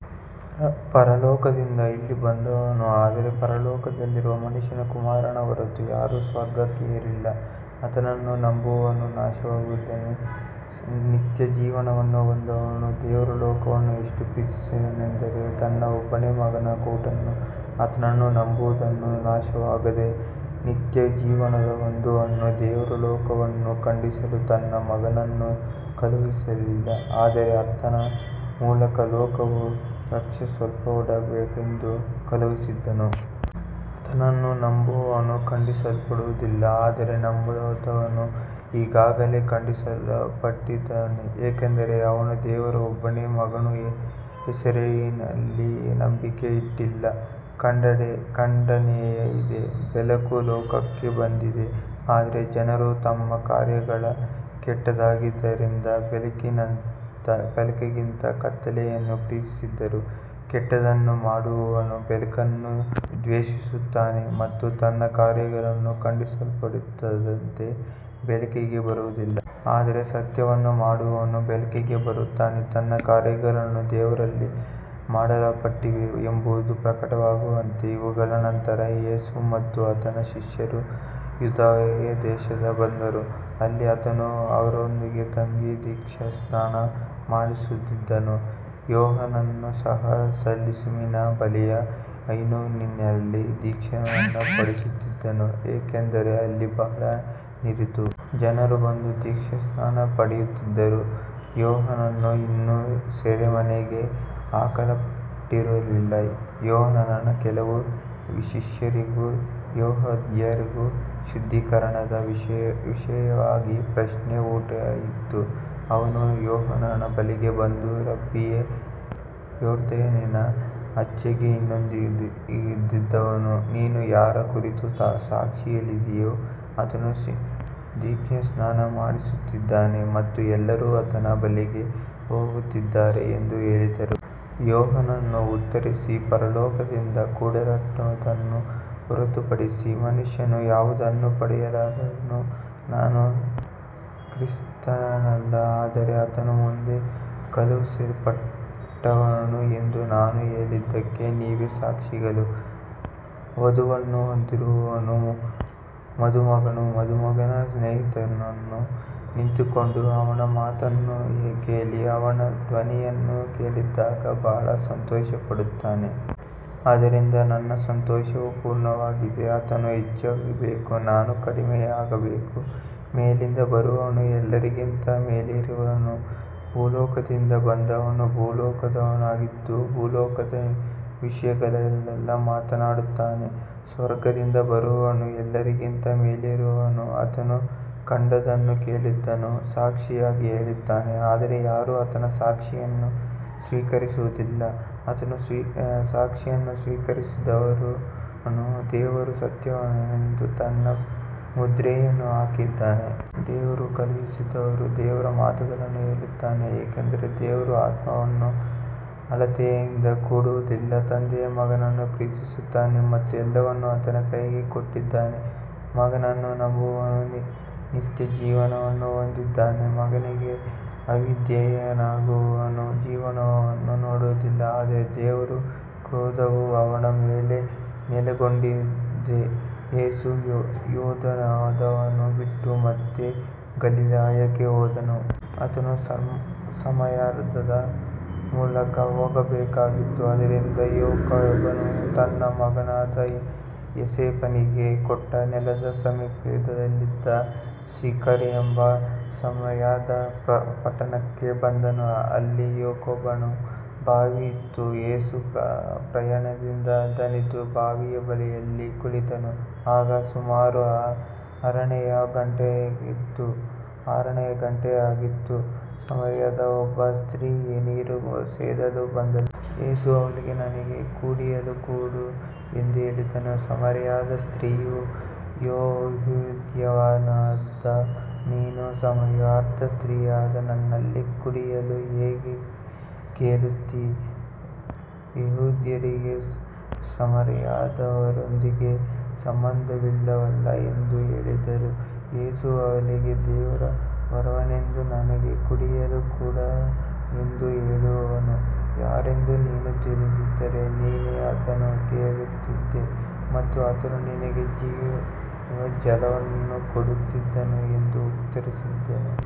ಪರಲೋಕದಿಂದ ಇಳಿದುಬಂದವನು, ಅಂದರೆ ಪರಲೋಕದಲ್ಲಿರುವ ಮನುಷ್ಯಕುಮಾರನ ಹೊರತು ಯಾರೂ ಸ್ವರ್ಗಕ್ಕೆ ಏರಿಲ್ಲ. ಆತನನ್ನು ನಂಬುವವನು ನಾಶವಾಗದೆ ನಿತ್ಯಜೀವವನ್ನು ಹೊಂದುವನು. ದೇವರು ಲೋಕವನ್ನು ಎಷ್ಟು ಪ್ರೀತಿಸಿದನೆಂದರೆ ತನ್ನ ಒಬ್ಬನೇ ಮಗನನ್ನು ಕೊಟ್ಟನು. ಆತನನ್ನು ನಂಬುವವನು ನಾಶವಾಗದೆ ನಿತ್ಯಜೀವವನ್ನು ಹೊಂದುವನು. ದೇವರು ಲೋಕವನ್ನು ಖಂಡಿಸಲು ತನ್ನ ಮಗನನ್ನು ಕಳುಹಿಸಲಿಲ್ಲ, ಆದರೆ ಆತನ ಮೂಲಕ ಲೋಕವು ರಕ್ಷಿಸಲ್ಪಡಬೇಕೆಂದು ಕಳುಹಿಸಿದನು. ಆತನನ್ನು ನಂಬುವವನು ಖಂಡಿಸಲ್ಪಡುವುದಿಲ್ಲ, ಆದರೆ ನಂಬದವನು ಈಗಾಗಲೇ ಖಂಡಿಸಲ್ಪಟ್ಟಿದ್ದಾನೆ, ಏಕೆಂದರೆ ಅವನು ದೇವರ ಒಬ್ಬನೇ ಮಗನ ಹೆಸರಿನಲ್ಲಿ ನಂಬಿಕೆ ಇಟ್ಟಿಲ್ಲ. ಖಂಡನೆಯು ಇದೇ, ಬೆಳಕು ಲೋಕಕ್ಕೆ ಬಂದಿದೆ, ಆದರೆ ಜನರು ತಮ್ಮ ಕಾರ್ಯಗಳು ಕೆಟ್ಟದ್ದಾಗಿದ್ದರಿಂದ ಬೆಳಕಿಗಿಂತ ಕತ್ತಲೆಯನ್ನು ಪ್ರೀತಿಸಿದರು. ಕೆಟ್ಟದ್ದನ್ನು ಮಾಡುವವನು ಬೆಳಕನ್ನು ದ್ವೇಷಿಸುತ್ತಾನೆ ಮತ್ತು ತನ್ನ ಕಾರ್ಯಗಳು ಖಂಡಿಸಲ್ಪಡದಂತೆ ಬೆಳಕಿಗೆ ಬರುವುದಿಲ್ಲ. ಆದರೆ ಸತ್ಯವನ್ನು ಮಾಡುವವನು ಬೆಳಕಿಗೆ ಬರುತ್ತಾನೆ, ತನ್ನ ಕಾರ್ಯಗಳು ದೇವರಲ್ಲಿ ಮಾಡಲ್ಪಟ್ಟಿವೆ ಎಂಬುದು ಪ್ರಕಟವಾಗುವಂತೆ. ಇವುಗಳ ನಂತರ ಯೇಸು ಮತ್ತು ಆತನ ಶಿಷ್ಯರು ಯೂದಾಯ ದೇಶಕ್ಕೆ ಬಂದರು. ಅಲ್ಲಿ ಆತನು ಅವರೊಂದಿಗೆ ತಂಗಿ ದೀಕ್ಷಾಸ್ನಾನ ಮಾಡಿಸುತ್ತಿದ್ದನು. ಯೋಹಾನನು ಸಹ ಸಾಲೀಮಿನ ಬಳಿಯ ಐನೋನಿನಲ್ಲಿ ದೀಕ್ಷಾಸ್ನಾನ ಮಾಡಿಸುತ್ತಿದ್ದನು, ಏಕೆಂದರೆ ಅಲ್ಲಿ ಬಹಳ ನೀರಿತ್ತು. ಜನರು ಬಂದು ದೀಕ್ಷಾಸ್ನಾನ ಪಡೆಯುತ್ತಿದ್ದರು. ಯೋಹಾನನು ಇನ್ನೂ ಸೆರೆಮನೆಗೆ ಹಾಕಲ್ಪಟ್ಟಿರಲಿಲ್ಲ. ಯೋಹಾನನ ಕೆಲವು ಶಿಷ್ಯರಿಗೂ ಯೆಹೂದ್ಯರಿಗೂ ಶುದ್ಧೀಕರಣದ ವಿಷಯವಾಗಿ ಪ್ರಶ್ನೆ ಉಂಟಾಯಿತು. ಅವರು ಯೋಹಾನನ ಬಳಿಗೆ ಬಂದು, ರಬ್ಬಿಯೇ, ಯೊರ್ದಾನಿನ ಆಚೆಗೆ ನಿನ್ನೊಂದಿಗಿದ್ದವನು, ನೀನು ಯಾರ ಕುರಿತು ಸಾಕ್ಷಿ ಹೇಳಿದೆಯೋ ಆತನು ದೀಕ್ಷಾಸ್ನಾನ ಮಾಡಿಸುತ್ತಿದ್ದಾನೆ ಮತ್ತು ಎಲ್ಲರೂ ಆತನ ಬಳಿಗೆ ಹೋಗುತ್ತಿದ್ದಾರೆ ಎಂದು ಹೇಳಿದರು. ಯೋಹಾನನು ಉತ್ತರಿಸಿ, ಪರಲೋಕದಿಂದ ಕೊಡಲ್ಪಟ್ಟದ್ದನ್ನು ಹೊರತುಪಡಿಸಿ ಮನುಷ್ಯನು ಯಾವುದನ್ನೂ ಪಡೆಯಲಾರನು. ನಾನು ಕ್ರಿಸ್ತನಲ್ಲ, ಆದರೆ ಆತನ ಮುಂದೆ ಕಳುಹಿಸಲ್ಪಟ್ಟವನು ಎಂದು ನಾನು ಹೇಳಿದ್ದಕ್ಕೆ ನೀವೇ ಸಾಕ್ಷಿಗಳು. ವಧುವನ್ನು ಹೊಂದಿರುವವನು ಮದುಮಗನು. ಮದುಮಗನ ಸ್ನೇಹಿತನು ನಿಂತುಕೊಂಡು ಅವನ ಮಾತನ್ನು ಕೇಳಿ ಅವನ ಧ್ವನಿಯನ್ನು ಕೇಳಿದಾಗ ಬಹಳ ಸಂತೋಷಪಡುತ್ತಾನೆ. ಆದ್ದರಿಂದ ನನ್ನ ಸಂತೋಷವು ಪೂರ್ಣವಾಗಿದೆ. ಆತನು ಹೆಚ್ಚಾಗಬೇಕು, ನಾನು ಕಡಿಮೆಯಾಗಬೇಕು. ಮೇಲಿನಿಂದ ಬರುವವನು ಎಲ್ಲರಿಗಿಂತ ಮೇಲಿರುವವನು. ಭೂಲೋಕದಿಂದ ಬಂದವನು ಭೂಲೋಕದವನಾಗಿದ್ದು ಭೂಲೋಕದ ವಿಷಯಗಳನ್ನೇ ಮಾತನಾಡುತ್ತಾನೆ. ಸ್ವರ್ಗದಿಂದ ಬರುವವನು ಎಲ್ಲರಿಗಿಂತ ಮೇಲಿರುವವನು. ಆತನು ಕಂಡದ್ದನ್ನೂ ಕೇಳಿದ್ದನ್ನೂ ಸಾಕ್ಷಿಯಾಗಿ ಹೇಳುತ್ತಾನೆ, ಆದರೆ ಯಾರೂ ಆತನ ಸಾಕ್ಷಿಯನ್ನು ಸ್ವೀಕರಿಸುವುದಿಲ್ಲ. ಆತನ ಸಾಕ್ಷಿಯನ್ನು ಸ್ವೀಕರಿಸಿದವನು ದೇವರು ಸತ್ಯವಂತನೆಂದು ತನ್ನ ಮುದ್ರೆಯನ್ನು ಹಾಕಿದ್ದಾನೆ. ದೇವರು ಕಳುಹಿಸಿದವನು ದೇವರ ಮಾತುಗಳನ್ನು ಹೇಳುತ್ತಾನೆ, ಏಕೆಂದರೆ ದೇವರು ಆತ್ಮವನ್ನು ಅಳತೆಯಿಂದ ಕೊಡುವುದಿಲ್ಲ. ತಂದೆಯು ಮಗನನ್ನು ಪ್ರೀತಿಸುತ್ತಾನೆ ಮತ್ತು ಎಲ್ಲವನ್ನೂ ಆತನ ಕೈಗೆ ಕೊಟ್ಟಿದ್ದಾನೆ. ಮಗನನ್ನು ನಂಬುವವನು ನಿತ್ಯಜೀವವನ್ನು ಹೊಂದಿದ್ದಾನೆ. ಮಗನಿಗೆ ಅವಿಧೇಯನಾಗುವವನು ಜೀವನವನ್ನು ನೋಡುವುದಿಲ್ಲ, ಆದರೆ ದೇವರ ಕ್ರೋಧವು ಅವನ ಮೇಲೆ ನೆಲೆಗೊಂಡಿದೆ. ಯೇಸು ಯೂದಾಯವನ್ನು ಬಿಟ್ಟು ಮತ್ತೆ ಗಲಿಲಾಯಕ್ಕೆ ಹೋದನು. ಆತನು ಸಮಾರ್ಯದ ಮೂಲಕ ಹೋಗಬೇಕಾಗಿತ್ತು. ಆದ್ದರಿಂದ ಯಾಕೋಬನು ತನ್ನ ಮಗನಾದ ಯೋಸೇಫನಿಗೆ ಕೊಟ್ಟ ನೆಲದ ಸಮೀಪದಲ್ಲಿದ್ದ ಸಿಖರ್ ಎಂಬ ಸಮಾರ್ಯದ ಪಟ್ಟಣಕ್ಕೆ ಬಂದನು. ಅಲ್ಲಿ ಯಾಕೋಬನ ಬಾವಿ ಇತ್ತು. ಯೇಸು ಪ್ರಯಾಣದಿಂದ ದಣಿದು ಬಾವಿಯ ಬಳಿಯಲ್ಲಿ ಕುಳಿತನು. ಆಗ ಸುಮಾರು ಆರನೆಯ ಗಂಟೆಯಾಗಿತ್ತು. ಸಮಾರ್ಯದ ಒಬ್ಬ ಸ್ತ್ರೀಯು ನೀರು ಸೇದಲು ಬಂದಳು. ಯೇಸು ಅವಳಿಗೆ, ನನಗೆ ಕುಡಿಯಲು ಕೊಡು ಎಂದು ಹೇಳಿದನು. ಸಮಾರ್ಯದ ಸ್ತ್ರೀಯು, ಯೆಹೂದ್ಯನಾದ ನೀನು ಸಮಾರ್ಯದ ಸ್ತ್ರೀಯಾದ ನನ್ನಲ್ಲಿ ಕುಡಿಯಲು ಹೇಗೆ ಕೇಳುತ್ತೀ. ಯೆಹೂದ್ಯರಿಗೆ ಸಮಾರ್ಯದವರೊಂದಿಗೆ ಸಂಬಂಧವಿಲ್ಲವಲ್ಲ ಎಂದು ಹೇಳಿದಳು. ಯೇಸು ಅವಳಿಗೆ, ದೇವರ ವರವೇನೆಂದೂ ನನಗೆ ಕುಡಿಯಲು ಕೊಡು ಎಂದು ಹೇಳುವವನು ಯಾರೆಂದೂ ನೀನು ತಿಳಿದಿದ್ದರೆ, ನೀನೇ ಆತನನ್ನು ಕೇಳುತ್ತಿದ್ದೆ ಮತ್ತು ಆತನು ನಿನಗೆ ಜೀವಜಲವನ್ನು ಕೊಡುತ್ತಿದ್ದನು ಎಂದು ಉತ್ತರಿಸಿದನು.